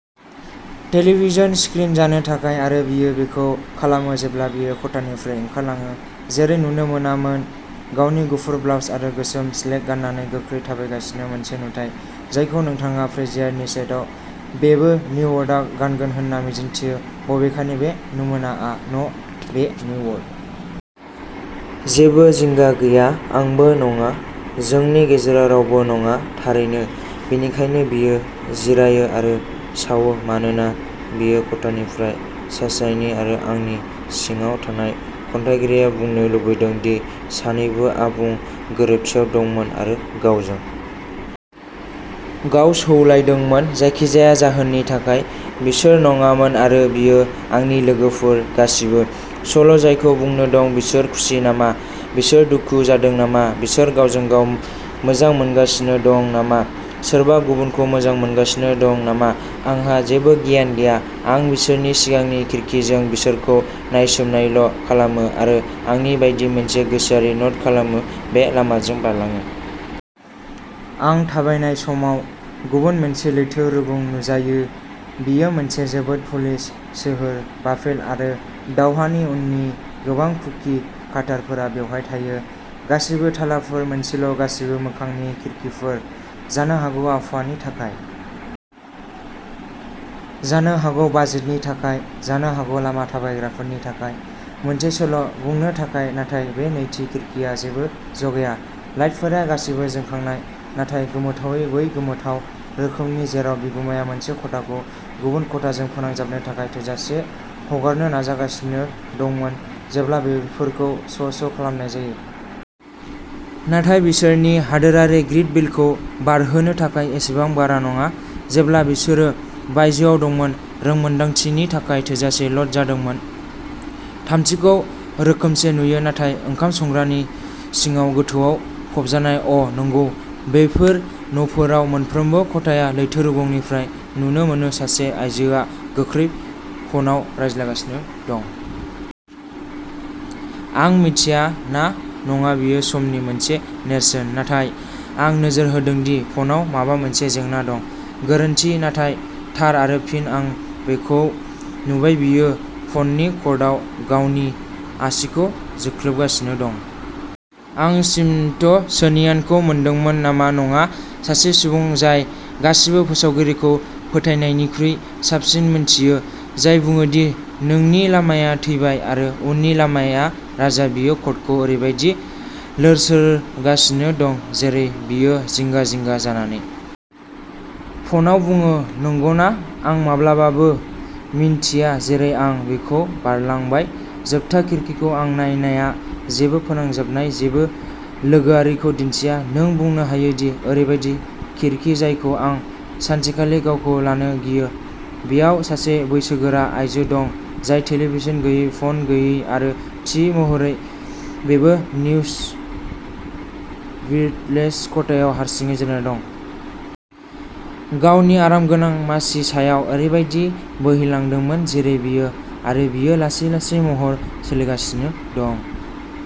Television screen जानो थाखाय आरो बियो बेखौ खालामो जेब्ला बियो खथानिफ्राय ओंखारलाङो जेरै नुनो मोनामोन गावनि गुफुर ब्लाउज आरो गोसोम स्लेक गाननानै गोख्रै थाबायगासिनो मोनसे नुथाइ जायखौ नोंथाङा फ्रेजियार नि सेटआव बेबो न्युवर्थआ गानगोन होनना मिजिंथियो बबेखानि बे नमुनाआ न' बे न्युवर्थ। जेबो जिंगा गैया आंबो नङा। जोंनि गेजेराव रावबो नङा थारैनो। बिनिखायनो बियो जिरायो आरो सावो मानोना बियो खथानिफ्राय साशायनि आरो आंनि सिङाव थानाय खन्थाइगिरिया बुंनो लुबैदों दि सानैबो आबुं गोरोबथियाव दंमोन आरो गावजों गाव सौलायदोंमोन जायखिजाया जाहोननि थाखाय बिसोर नङामोन आरो बियो आंनि लोगोफोर गासिबो सल'जायखौ बुंनो दं बिसोर खुसि नामा बिसोर दुखु जादों नामा बिसोर गावजों गाव मोजां मोनगासिनो दं नामा सोरबा गुबुनखौ मोजां मोनगासिनो दं नामा आंहा जेबो गियान गैया आं बिसोरनि सिगांनि बे खिरखिजों बिसोरखौ नायसोमनायल' खालामो आरो आंनि बायदि मोनसे गोसोआरि न'ट खालामो बे लामाजों बारलाङो। आं थाबायनाय समाव गुबुन मोनसे लैथो रुगुं नुजायो बियो मोनसे जोबोद प'लिश सोहोर बाफेल आरो दावहानि उननि गोबां कुकि काटार फोरा बेवहाय थायो गासैबो थालाफोर मोनसेल' गासैबो मोखांनि खिरखिफोर। जानो हागौ आबहावानि थाखाय जानो हागौ बाजेटनि थाखाय जानो हागौ लामा थाबायग्राफोरनि थाखाय मोनसे सल' बुंनो थाखाय नाथाय बे नैथि खिरखिआ जेबो जगाया लाइटफोरा गासैबो जोंखांनाय नाथाय गोमोथावै बै गोमोथाव रोखोमनि जेराव बिगुमाया मोनसे खथाखौ गुबुन खथाजों फोनांजाबनो थाखाय थोजासे हगारनो नाजागासिनो दंमोन जेब्ला बेफोरखौ स स खालामनाय जायो। नाथाय बिसोरनि हादोरारि ग्रिड बिलखौ बारहोनो थाखाय एसेबां बारा नङा जेब्ला बिसोरो बायजोआव दंमोन रोंमोन्दांथिनि थाखाय थोजासे ल'ड जादोंमोन। थामथिखौ रोखोमसे नुयो नाथाय ओंखाम संग्रानि सिङाव गोथौआव फबजानाय अ नंगौ बेफोर न'फोराव मोनफ्रोमबो खथाया लैथो रुगुंनिफ्राय नुनो मोनो सासे आयजोआ गोख्रै फनआव रायज्लायगासिनो दं। आं मिथिया ना नङा बियो समनि मोनसे नेरसोन नाथाय आं नोजोर होदों दि फनाव माबा मोनसे जेंना दं गोरोन्थि नाथाय थार आरो फिन आं बेखौ नुबाय बियो फननि कर्डआव गावनि आसिखौ जोख्लोबगासिनो दं आं स्मिथसोनियानखौ मोनदोंमोन नामा नङा सासे सुबुं जाय गासिबो फोसावगिरिखौ फोथायनायनिख्रुइ साबसिन मोनथियो जाय बुङो दि नोंनि लामाया थैबाय आरो उननि लामाया राजा बियो कर्डखौ ओरैबायदि लोरसोरगासिनो दं जेरै बियो जिंगा जिंगा जानानै फनाव बुङो नंगौना आं माब्लाबाबो मिन्थिया जेरै आं बिखौ बारलांबाय जोबथा खिरखिखौ आं नायनाया जेबो फोनांजाबनाय जेबो लोगोआरिखौ दिन्थिया नों बुंनो हायो ओरैबायदि खिरखि जायखौ आं सानसेखालि गावखौ लानो गियो बेयाव सासे बैसोगोरा आइजो दं जाय टेलिभिजन गैयै फन गैयै आरो थि महरै बेबो निउसविर्थलेस खथायाव हारसिङै जिरायना दं। गावनि आरामगोनां मासि सायाव ओरैबायदि बोहैलांदोंमोन जेरै बियो आरो बेयो लासै-लासै महर सोलायगासिनो दं।